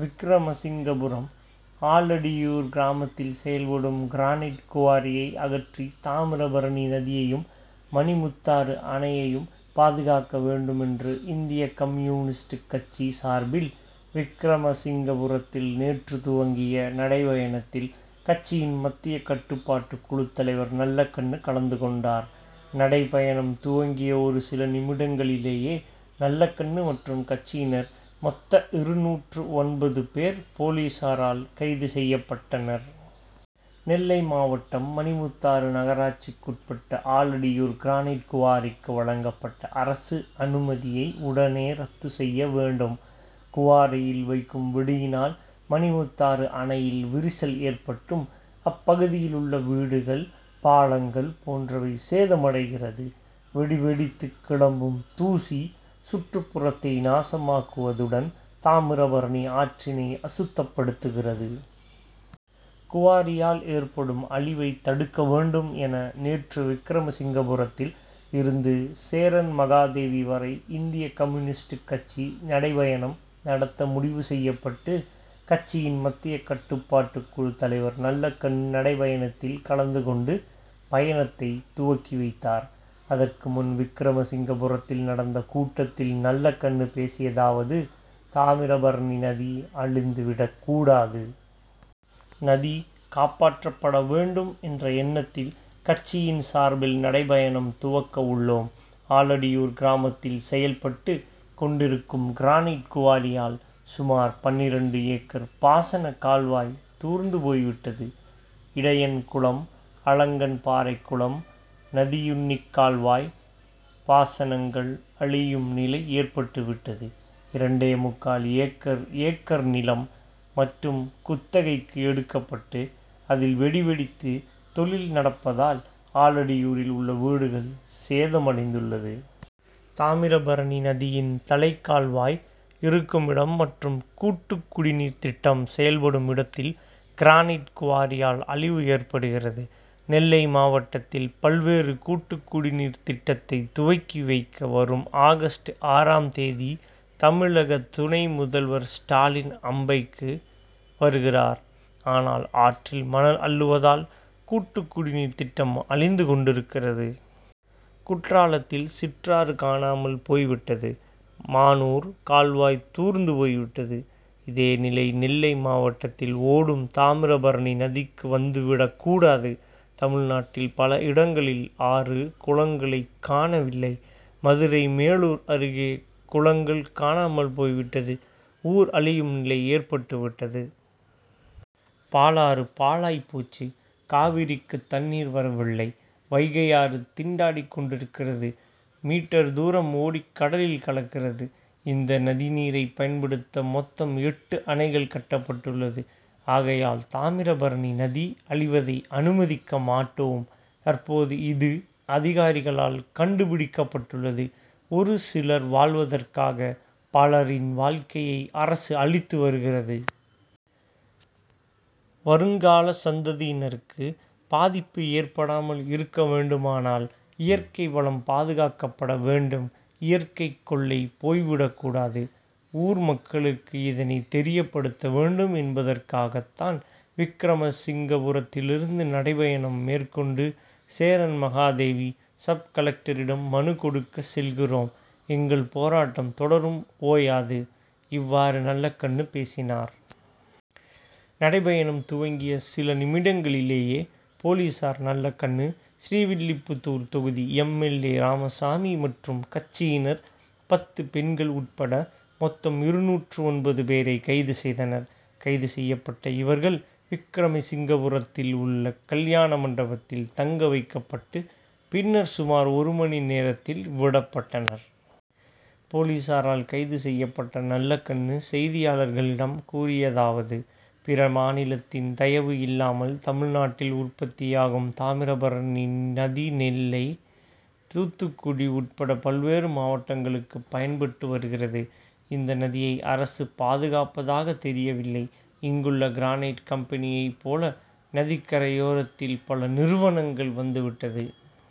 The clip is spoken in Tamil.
விக்கிரமசிங்கபுரம்:ஆலடியூர் கிராமத்தில் செயல்படும் கிரானைட் குவாரியை அகற்றி தாமிரபணி நதியையும், மணிமுத்தாறு அணையையும் பாதுகாக்க வேண்டுமென்று இந்திய கம்யூனிஸ்ட்., கட்சி சார்பில் விக்கிரமசிங்கபுரத்தில் நேற்று துவங்கிய நடைபயணத்தில் கட்சியின் மத்திய கட்டுப்பாட்டு குழு தலைவர் நல்லகண்ணு கலந்து கொண்டார். நடைபயணம் துவங்கிய ஒரு சில நிமிடங்களிலேயே நல்லகண்ணு மற்றும் கட்சியினர் மொத்தம் இருநூற்று ஒன்பது பேர் போலீசாரால் கைது செய்யப்பட்டனர். நெல்லைமாவட்டம் மணிமுத்தாறு நகராட்சிக்குட்பட்ட ஆலடியூர் கிரானைட் குவாரிக்கு வழங்கப்பட்ட அரசு அனுமதியை உடனே ரத்து செய்ய வேண்டும். குவாரியில் வைக்கும் வெடியினால் மணிமுத்தாறு அணையில் விரிசல் ஏற்பட்டும், அப்பகுதியிலுள்ள வீடுகள், பாலங்கள் போன்றவை சேதமடைகிறது. வெடி வெடித்து கிளம்பும் தூசு சுற்றுப்புறத்தை நாசமாக்குவதுடன் தாமிரபரணி ஆற்றினை அசுத்தப்படுத்துகிறது. குவாரியால் ஏற்படும் அழிவை தடுக்க வேண்டும் என நேற்று விக்கிரமசிங்கபுரத்தில் இருந்து சேரன்மகாதேவி வரை இந்திய கம்யூனிஸ்ட்., கட்சி நடைபயணம் நடத்த முடிவு செய்யப்பட்டு கட்சியின் மத்திய கட்டுப்பாட்டுக்குழு தலைவர் நல்லகண்ணு நடைபயணத்தில் கலந்து கொண்டு பயணத்தை துவக்கி வைத்தார். அதற்கு முன் விக்கிரமசிங்கபுரத்தில் நடந்த கூட்டத்தில் நல்லகண்ணு பேசியதாவது:-தாமிரபரணி நதி அழிந்து விடக்கூடாது. நதி காப்பாற்றப்பட வேண்டும் என்ற எண்ணத்தில் கட்சியின் சார்பில் நடைபயணம் துவக்க உள்ளோம். ஆலடியூர் கிராமத்தில் செயல்பட்டு கொண்டிருக்கும் கிரானைட் குவாரியால் சுமார் பன்னிரண்டு ஏக்கர் பாசன கால்வாய் தூர்ந்து போய்விட்டது. இடையன்குளம், அலங்கன்பாறைகுளம், நதியுன்னிகால்வாய் பாசனங்கள் அழியும் நிலை ஏற்பட்டு விட்டது. இரண்டே முக்கால் ஏக்கர் ஏக்கர் நிலம் மட்டும் குத்தகைக்கு எடுக்கப்பட்டு அதில் வெடி வெடித்து தொழில் நடப்பதால் ஆலடியூரில் உள்ள வீடுகள் சேதமடைந்துள்ளது. தாமிரபரபணி நதியின் தலைக்கால்வாய் இருக்குமிடம் மற்றும் கூட்டுக்குடிநீர் திட்டம் செயல்படும் இடத்தில் கிரானைட் குவாரியால் அழிவு ஏற்படுகிறது. நெல்லை மாவட்டத்தில் பல்வேறு கூட்டுக்குடிநீர் திட்டத்தை துவக்கி வைக்க வரும் ஆகஸ்ட் ஆறாம் தேதி தமிழக துணை முதல்வர் ஸ்டாலின் அம்பைக்கு வருகிறார். ஆனால் ஆற்றில் மணல் அள்ளுவதால் கூட்டுக்குடிநீர் திட்டம் அழிந்து கொண்டிருக்கிறது. குற்றாலத்தில் சிற்றாறு காணாமல் போய்விட்டது. மானூர் கால்வாய் தூர்ந்து போய்விட்டது. இதே நிலை நெல்லை மாவட்டத்தில் ஓடும் தாமிரபரணி நதிக்கு வந்துவிடக்கூடாது. தமிழ்நாட்டில் பல இடங்களில் ஆறு, குளங்களை காணவில்லை. மதுரை மேலூர் அருகே குளங்கள் காணாமல் போய்விட்டது. ஊர் அழியும் நிலை ஏற்பட்டு விட்டது. பாலாறு பாழாய் போச்சு, காவிரிக்கு தண்ணீர் வரவில்லை. வைகையாறு திண்டாடி கொண்டிருக்கிறது. மீ. தூரம் ஓடி கடலில் கலக்கிறது. இந்த நதிநீரை பயன்படுத்த மொத்தம் எட்டு அணைகள் கட்டப்பட்டுள்ளது. ஆகையால் தாமிரபரணி நதி அழிவதை அனுமதிக்க மாட்டோம். தற்போது இது அதிகாரிகளால் கண்டுபிடிக்கப்பட்டுள்ளது. ஒரு சிலர் வாழ்வதற்காக பலரின் வாழ்க்கையை அரசு அழித்து வருகிறது. வருங்கால சந்ததியினருக்கு பாதிப்பு ஏற்படாமல் இருக்க வேண்டுமானால் இயற்கை வளம் பாதுகாக்கப்பட வேண்டும். இயற்கை கொள்ளை போய்விடக்கூடாது. ஊர் மக்களுக்கு இதனை தெரியப்படுத்த வேண்டும் என்பதற்காகத்தான் விக்கிரமசிங்கபுரத்திலிருந்து நடைபயணம் மேற்கொண்டு சேரன்மகாதேவி சப்-கலெக்டரிடம் மனு கொடுக்க செல்கிறோம். எங்கள் போராட்டம் தொடரும் ஓயாது. இவ்வாறு நல்லகண்ணு பேசினார். நடைபயணம் துவங்கிய சில நிமிடங்களிலேயே போலீசார் நல்லகண்ணு, ஸ்ரீவில்லிபுத்தூர் தொகுதி எம். எல். ஏ., ராமசாமி மற்றும் கட்சியினர் பத்து பெண்கள் உட்பட மொத்தம் இருநூற்று ஒன்பது பேரை கைது செய்தனர். கைது செய்யப்பட்ட இவர்கள் விக்கிரமசிங்கபுரத்தில் உள்ள கல்யாண மண்டபத்தில் தங்க வைக்கப்பட்டு பின்னர் சுமார் ஒரு மணி நேரத்தில் விடப்பட்டனர். போலீசாரால் கைது செய்யப்பட்ட நல்லகண்ணு செய்தியாளர்களிடம் கூறியதாவது:-பிற மாநிலத்தின் தயவு இல்லாமல் தமிழ்நாட்டில் உற்பத்தியாகும் தாமிரபரணி நதி நெல்லை, தூத்துக்குடி உட்பட பல்வேறு மாவட்டங்களுக்கு பயன்பட்டு வருகிறது. இந்த நதியை அரசு பாதுகாப்பதாக தெரியவில்லை. இங்குள்ள கிரானைட் கம்பெனியை போல நதிக்கரையோரத்தில் பல நிறுவனங்கள் வந்துவிட்டால்